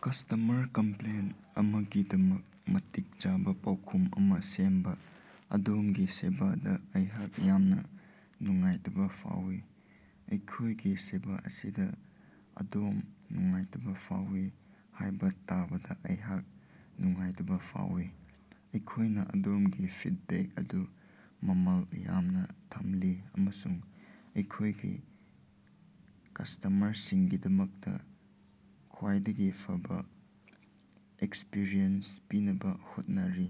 Customer complaint ꯑꯃꯒꯤꯗꯃꯛ ꯃꯇꯤꯛ ꯆꯥꯕ ꯄꯥꯎꯈꯨꯝ ꯑꯃ ꯁꯦꯝꯕ꯫ ꯑꯗꯣꯝꯒꯤ ꯁꯦꯕꯥꯗ ꯑꯩꯍꯥꯛ ꯌꯥꯝꯅ ꯅꯨꯡꯉꯥꯏꯇꯕ ꯐꯥꯎꯏ꯫ ꯑꯩꯈꯣꯏꯒꯤ ꯁꯦꯕꯥ ꯑꯁꯤꯗ ꯑꯗꯣꯝ ꯅꯨꯡꯉꯥꯏꯇꯕ ꯐꯥꯎꯏ ꯍꯥꯏꯕ ꯇꯥꯕꯗ ꯑꯩꯍꯥꯛ ꯅꯨꯡꯉꯥꯏꯇꯕ ꯐꯥꯎꯏ꯫ ꯑꯩꯈꯣꯏꯅ ꯑꯗꯣꯝꯒꯤ ꯐꯤꯠꯕꯦꯛ ꯑꯗꯨ ꯃꯃꯜ ꯌꯥꯝꯅ ꯊꯝꯂꯤ ꯑꯃꯁꯨꯡ ꯑꯩꯈꯣꯏꯒꯤ ꯀꯁꯇꯃꯔꯁꯤꯡꯒꯤꯗꯃꯛꯇꯥ ꯈ꯭ꯋꯥꯏꯗꯒꯤ ꯐꯕꯥ ꯑꯦꯛꯁꯄꯤꯔꯤꯌꯦꯟꯁ ꯄꯤꯅꯕꯥ ꯍꯣꯠꯅꯔꯤ꯫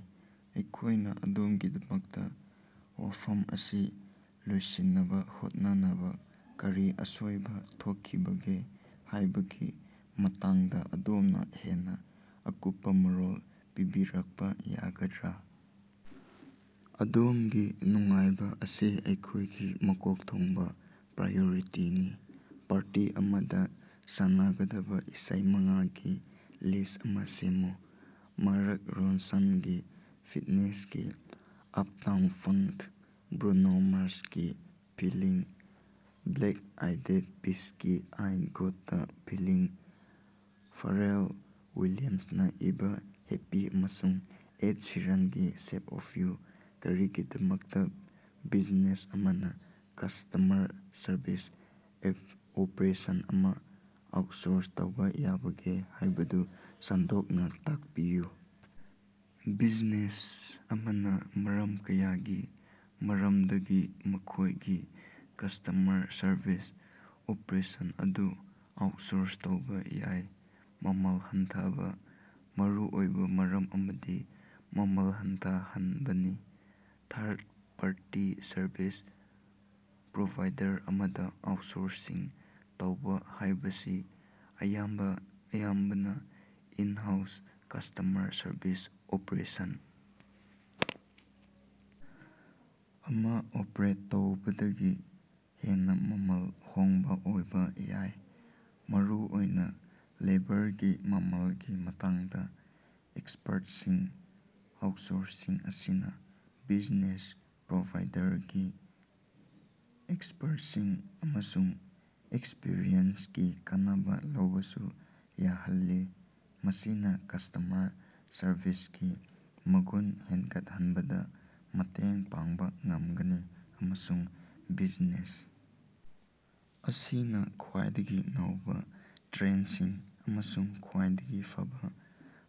ꯑꯩꯈꯣꯏꯅ ꯑꯗꯣꯝꯒꯤꯗꯃꯛꯇ ꯋꯥꯐꯝ ꯑꯁꯤ ꯂꯣꯏꯁꯤꯟꯅꯕ ꯍꯣꯠꯅꯅꯕꯥ ꯀꯔꯤ ꯑꯁꯣꯏꯕ ꯊꯣꯛꯈꯤꯕꯒꯦ ꯍꯥꯏꯕꯒꯤ ꯃꯇꯥꯡꯗ ꯑꯗꯣꯝꯅ ꯍꯦꯟꯅꯥ ꯑꯀꯨꯞꯄꯥ ꯃꯔꯣꯜ ꯄꯤꯕꯤꯔꯛꯄꯥ ꯌꯥꯒꯗ꯭ꯔꯥ? ꯑꯗꯣꯝꯒꯤ ꯅꯨꯡꯉꯥꯏꯕ ꯑꯁꯤ ꯑꯩꯈꯣꯏꯒꯤ ꯃꯀꯣꯛ ꯊꯣꯡꯕ ꯄ꯭ꯔꯥꯏꯌꯣꯔꯤꯇꯤꯅꯤ꯫ ꯄꯥꯔꯇꯤ ꯑꯃꯗ ꯁꯥꯟꯅꯒꯗꯕꯥ ꯏꯁꯩ ꯃꯉꯥꯒꯤ ꯂꯤꯁ ꯑꯃ ꯁꯦꯝꯃꯨ꯫ ꯃꯥꯔꯛ ꯔꯣꯟꯁꯟꯒꯤ ꯐꯤꯠꯅꯦꯁꯀꯤ "ꯑꯞꯇꯥꯎꯟ ꯐꯪꯛ",ꯕ꯭ꯔꯨꯅꯣ ꯃꯥꯔꯁꯀꯤ "ꯐꯤꯂꯤꯡ",ꯕ꯭ꯂꯦꯛ ꯑꯥꯏꯗꯦꯗ ꯄꯤꯁꯀꯤ "ꯑꯥꯏ ꯒꯣꯠꯇꯥ ꯐꯤꯂꯤꯡ",ꯐꯥꯔꯦꯜ ꯋꯤꯂꯤꯌꯝꯁꯅꯥ ꯏꯕꯥ "ꯍꯦꯄꯤ"ꯑꯃꯁꯨꯡ ꯑꯦꯗ ꯁꯤꯔꯟꯒꯤ "ꯁꯦꯞ ꯑꯣꯐ ꯌꯨ"꯫ ꯀꯔꯤꯒꯤꯗꯃꯛꯇꯥ ꯕꯤꯖꯤꯅꯦꯁ ꯑꯃꯅ ꯀꯁꯇꯃꯔ ꯁꯔꯚꯤꯁ ꯑꯣꯄ꯭ꯔꯦꯁꯟ ꯑꯃ ꯑꯥꯎꯠꯁꯣꯔꯁ ꯇꯧꯕ ꯌꯥꯕꯒꯦ ꯍꯥꯏꯕꯗꯨ ꯁꯟꯗꯣꯛꯅ ꯇꯥꯛꯄꯤꯌꯨ? ꯕꯤꯖꯤꯅꯦꯁ ꯑꯃꯅ ꯃꯔꯝ ꯀꯌꯥꯒꯤ ꯃꯔꯝꯗꯒꯤ ꯃꯈꯣꯏꯒꯤ ꯀꯁꯇꯃꯔ ꯁꯔꯚꯤꯁ ꯑꯣꯄ꯭ꯔꯦꯁꯟ ꯑꯗꯨ ꯑꯥꯎꯠꯁꯣꯔꯁ ꯇꯧꯕ ꯌꯥꯏ꯫ ꯃꯃꯜ ꯍꯟꯊꯕꯥ: ꯃꯔꯨꯑꯣꯏꯕ ꯃꯔꯝ ꯑꯃꯗꯤ ꯃꯃꯜ ꯍꯟꯊꯍꯟꯕꯅꯤ꯫ ꯊꯥꯔꯠ ꯄꯥꯔꯇꯤ ꯁꯔꯚꯤꯁ ꯄ꯭ꯔꯣꯚꯥꯏꯗꯔ ꯑꯃꯗ ꯑꯥꯎꯠꯁꯣꯔꯁꯁꯤꯡ ꯇꯧꯕ ꯍꯥꯏꯕꯁꯤ ꯑꯌꯥꯝꯕꯅ ꯏꯟ-ꯍꯥꯎꯁ ꯀꯁꯇꯃꯔ ꯁꯔꯚꯤꯁ ꯑꯣꯄ꯭ꯔꯦꯁꯟ ꯑꯃ ꯑꯣꯄ꯭ꯔꯦꯠ ꯇꯧꯕꯗꯒꯤ ꯍꯦꯟꯅꯥ ꯃꯃꯜ ꯍꯣꯡꯕ ꯑꯣꯏꯕ ꯌꯥꯏ, ꯃꯔꯨꯑꯣꯏꯅꯥ ꯂꯦꯕꯔꯒꯤ ꯃꯃꯜꯒꯤ ꯃꯇꯥꯡꯗ꯫ ꯑꯦꯛꯁꯄꯔꯠꯁꯤꯡ: ꯑꯥꯎꯠꯁꯣꯔꯁꯤꯡ ꯑꯁꯤꯅ ꯕꯤꯖꯤꯅꯦꯁ ꯄ꯭ꯔꯣꯚꯥꯏꯗꯔꯒꯤ ꯑꯦꯛꯁꯄ꯭ꯔꯠꯁꯤꯡ ꯑꯃꯁꯨꯡ ꯑꯦꯛꯁꯄꯤꯔꯤꯌꯦꯟꯁꯀꯤ ꯀꯥꯟꯅꯕ ꯂꯧꯕꯁꯨ ꯌꯥꯍꯜꯂꯤ꯫ ꯃꯁꯤꯅ ꯀꯁꯇꯃꯔ ꯁꯔꯕꯤꯁꯀꯤ ꯃꯒꯨꯟ ꯍꯦꯟꯒꯠꯍꯟꯕꯗꯥ ꯃꯇꯦꯡ ꯄꯥꯡꯕ ꯉꯝꯒꯅꯤ ꯑꯃꯁꯨꯡ ꯕꯤꯖꯤꯅꯦꯁ ꯑꯁꯤꯅ ꯈ꯭ꯋꯥꯏꯗꯒꯤ ꯅꯧꯕ ꯇ꯭ꯔꯦꯟꯁꯤꯡ ꯑꯃꯁꯨꯡ ꯈ꯭ꯋꯥꯏꯗꯒꯤ ꯐꯕꯥ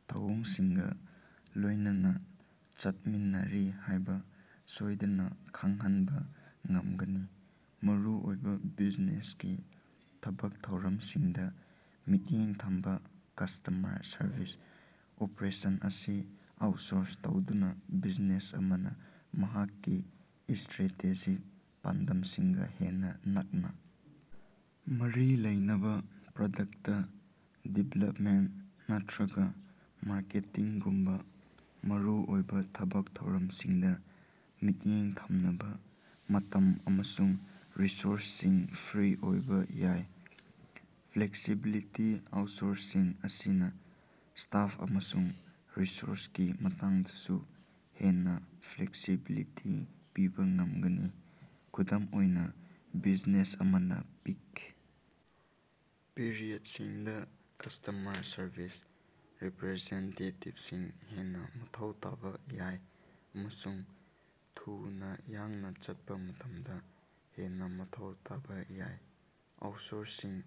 ꯊꯧꯑꯣꯡꯁꯤꯡꯒ ꯂꯣꯏꯅꯅꯥ ꯆꯠꯃꯤꯟꯅꯔꯤ ꯍꯥꯏꯕ ꯁꯣꯏꯗꯅꯥ ꯈꯪꯍꯟꯕ ꯉꯝꯒꯅꯤ꯫ ꯃꯔꯨꯑꯣꯏꯕ ꯕꯤꯖꯤꯅꯦꯁꯀꯤ ꯊꯕꯛ ꯊꯧꯔꯝꯁꯤꯡꯗ ꯃꯤꯠꯌꯦꯡ ꯊꯝꯕꯥ: ꯀꯁꯇꯃꯔ ꯁꯔꯕꯤꯁ ꯑꯣꯄ꯭ꯔꯦꯁꯟ ꯑꯁꯤ ꯑꯥꯎꯠꯁꯣꯔꯁ ꯇꯧꯗꯨꯅ, ꯕꯤꯖꯤꯅꯦꯁ ꯑꯃꯅ ꯃꯍꯥꯛꯀꯤ ꯏꯁꯇ꯭ꯔꯦꯇꯦꯖꯤꯛ ꯄꯥꯟꯗꯝꯁꯤꯡꯒꯥ ꯍꯦꯟꯅꯥ ꯅꯛꯅꯥ ꯃꯔꯤ ꯂꯩꯅꯕ ꯄ꯭ꯔꯗꯛꯇ ꯗꯤꯕꯦꯂꯞꯃꯦꯟ ꯅꯠꯇ꯭ꯔꯒꯥ ꯃꯥꯔꯀꯦꯇꯤꯡꯒꯨꯝꯕ ꯃꯔꯨꯑꯣꯏꯕ ꯊꯕꯛ ꯊꯧꯔꯝꯁꯤꯡꯗ ꯃꯤꯠꯌꯦꯡ ꯊꯝꯅꯕ ꯃꯇꯝ ꯑꯃꯁꯨꯡ ꯔꯤꯁꯣꯔꯁꯁꯤꯡ ꯐ꯭ꯔꯤ ꯑꯣꯏꯕ ꯌꯥꯏ꯫ ꯐ꯭ꯂꯦꯛꯁꯤꯕꯤꯂꯤꯇꯤ: ꯑꯥꯎꯠꯁꯣꯔꯁꯤꯡ ꯑꯁꯤꯅ ꯁ꯭ꯇꯥꯐ ꯑꯃꯁꯨꯡ ꯔꯤꯁꯣꯔꯁꯀꯤ ꯃꯇꯥꯡꯗꯁꯨ ꯍꯦꯟꯅ ꯐ꯭ꯂꯦꯛꯁꯤꯕꯤꯂꯤꯇꯤ ꯄꯤꯕ ꯉꯝꯒꯅꯤ꯫ ꯈꯨꯗꯝ ꯑꯣꯏꯅ, ꯕꯤꯖꯤꯅꯦꯁ ꯑꯃꯅ ꯄꯤꯛ ꯄꯤꯔꯤꯌꯠꯁꯤꯡꯗ ꯀꯁꯇꯃꯔ ꯁꯔꯕꯤꯁ ꯔꯤꯄꯔꯖꯦꯟꯇꯦꯇꯤꯞꯁꯤꯡ ꯍꯦꯟꯅ ꯃꯊꯧ ꯇꯥꯕ ꯌꯥꯏ ꯑꯃꯁꯨꯡ ꯊꯨꯅꯥ ꯌꯥꯡꯅꯥ ꯆꯠꯄ ꯃꯇꯝꯗ ꯍꯦꯟꯅ ꯃꯊꯧ ꯇꯥꯕ ꯌꯥꯏ꯫ ꯑꯥꯎꯠꯁꯣꯔꯁꯤꯡ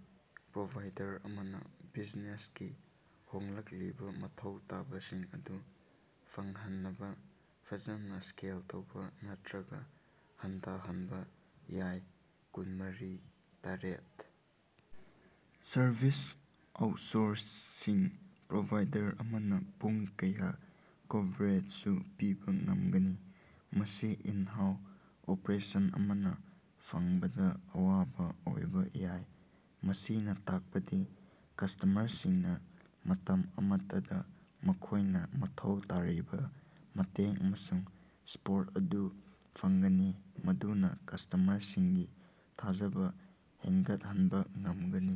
ꯄ꯭ꯔꯣꯚꯥꯏꯗꯔ ꯑꯃꯅ ꯕꯤꯖꯤꯅꯦꯁꯀꯤ ꯍꯣꯡꯂꯛꯂꯤꯕ ꯃꯊꯧ ꯇꯥꯕꯁꯤꯡ ꯑꯗꯨ ꯐꯪꯍꯟꯅꯕ ꯐꯖꯅ ꯁ꯭ꯀꯦꯜ ꯇꯧꯕ ꯅꯠꯇ꯭ꯔꯒꯥ ꯍꯟꯊꯍꯟꯕ ꯌꯥꯏ꯫ ꯀꯨꯟꯃꯔꯤ/ꯇꯔꯦꯠ ꯁꯔꯚꯤꯁ: ꯑꯥꯎꯠꯁꯣꯔꯁꯤꯡ ꯄ꯭ꯔꯣꯚꯥꯏꯗꯔ ꯑꯃꯅ ꯄꯨꯡ ꯀꯌꯥ ꯀꯣꯚꯔꯦꯖꯁꯨ ꯄꯤꯕ ꯉꯝꯒꯅꯤ, ꯃꯁꯤ ꯏꯟ-ꯍꯥꯎꯁ ꯑꯣꯄ꯭ꯔꯦꯁꯟ ꯑꯃꯅ ꯐꯪꯕꯗ ꯑꯋꯥꯕ ꯑꯣꯏꯕ ꯌꯥꯏ꯫ ꯃꯁꯤꯅ ꯇꯥꯛꯄꯗꯤ ꯀꯁꯇꯃꯔꯁꯤꯡꯅꯥ ꯃꯇꯝ ꯑꯃꯠꯇꯗꯥ ꯃꯈꯣꯏꯅ ꯃꯊꯧ ꯇꯥꯔꯤꯕ ꯃꯇꯦꯡ ꯑꯃꯁꯨꯡ ꯁꯄꯣꯔꯠ ꯑꯗꯨ ꯐꯪꯒꯅꯤ, ꯃꯗꯨꯅ ꯀꯁꯇꯃꯔꯁꯤꯡꯒꯤ ꯊꯥꯖꯕ ꯍꯦꯟꯒꯠꯍꯟꯕꯥ ꯉꯃꯒꯅꯤ꯫